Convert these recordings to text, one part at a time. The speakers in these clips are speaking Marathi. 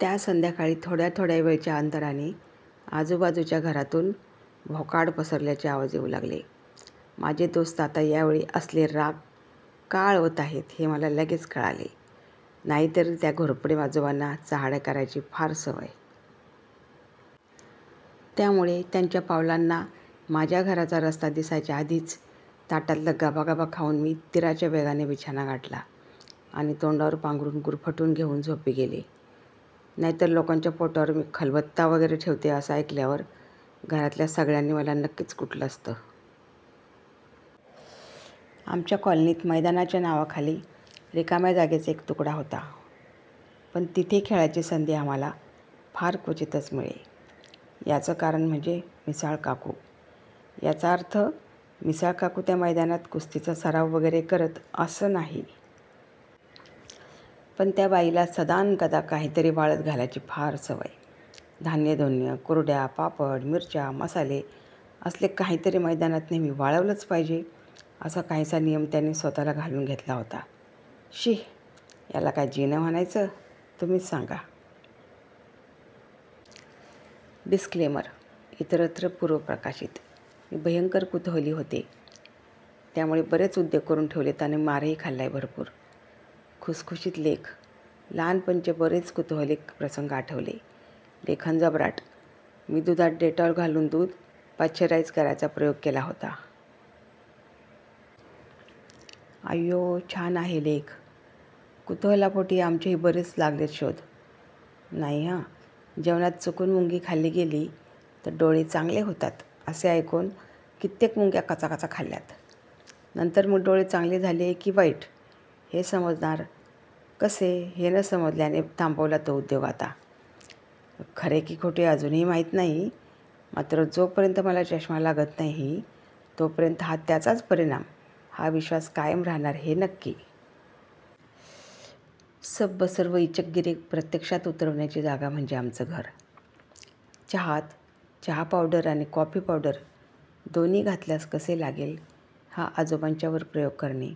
त्या संध्याकाळी थोड्या थोड्या वेळच्या अंतराने आजूबाजूच्या घरांमधून भोकाड पसरल्याचे आवाज येऊ लागले. माझे दोस्त आता या वेळी 'असले राग' का आळवत आहेत हे मला लगेच कळाले. नाहीतरी त्या घोरपडे आजोबांना चहाड्या करायची फार सवय.!! त्यामुळे त्यांच्या पावलांना माझ्या घराचा रस्ता दिसायच्या आधीच ताटातलं गबागबा खाऊन मी तीराच्या वेगाने बिछाना गाठला. आणि तोंडावर पांघरून गुरफटून घेऊन झोपी गेले!! नाहीतर लोकांच्या पोटांवर मी खलबत्ता वगैरे ठेवते असं ऐकल्यावर घरातल्या सगळ्यांनी मला नक्कीच कुटलं असतं. आमच्या कॉलनीत मैदानाच्या नावाखाली रिकाम्या जागेचा एक तुकडा होता. पण तिथे खेळायची संधी आम्हाला फार क्वचितच मिळे. याचं कारण म्हणजे 'मिसाळ काकू'.. याचा अर्थ मिसाळकाकू त्या मैदानात कुस्तीचा सराव वगैरे करत असं नाही. पण त्या बाईला सदानकदा काहीतरी वाळत घालायची फार सवय. धान्य-धुन्य, कुरड्या, पापड, मिरच्या, मसाले असले काहीतरी मैदानात नेहमी वाळवलंच पाहिजे असा काहीसा नियम त्यांनी स्वत:ला घालून घेतला होता.!! शीयाला काय जीणं म्हणायचं? तुम्हीच सांगा.. ढिस्क्लेमर: इतरत्र पुर्वप्रकाशित. मी भयंकर कुतुहली होते त्यामुळे बरेच उद्योग करून ठेवलेत अन मारही खाल्लाय भरपूर.!! खुसखुशीत लेख! लहानपणचे बरेच कुतूहलिक प्रसंग आठवले. लेखन जबराटमी दुधात डेटॉल घालून दूध पाश्चराईज करायचा प्रयोग केला होता. अय्योछान आहे लेख.. कुतुहलापोटी आमचेही बरेच लागलेतशोध नाही हं! जेवणात चुकून मुंगी खाल्ली गेली तर डोळे चांगले होतात असे ऐकोन कित्येक मुंग्या कचाकचा खाल्यात. नंतर मग डोळे चांगले झाले की वाईट हे समजणार कसे हे न समजल्याने थांबवला तो उद्योगआता खरे की खोटे अजूनही माहीत नाही मात्र जो पर्यंत मला चष्मा लागत नाही तो पर्यंत हा त्याचाच परीणाम हा विश्वास कायम राहणार हे नक्की.. सबबसर्व ईचकगिरी प्रत्यक्षात उतरवण्याची जागा म्हणजे आमचं घर. चहात चहापावडर आणि कॉफीपावडर दोन्ही घातल्यास कसे लागेल हा आजोबांच्यावर प्रयोग करणे,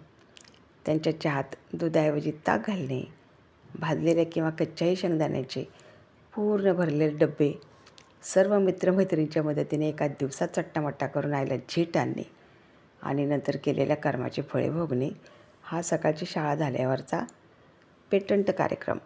त्यांच्या चहात दुधाऐवजी ताक घालणे, भाजलेल्या किंवा कच्च्याही शेंगदाण्याचे पूर्ण भरलेले डब्बे सर्व मित्रमैत्रिणींच्या मदतीने एका दिवसात चट्टामट्टा करून आईला झीट आणणे आणि नंतर केलेल्या कर्माची फळे भोगणे हा सकाळची शाळा झाल्यावरचा पेटंट कार्यक्रम.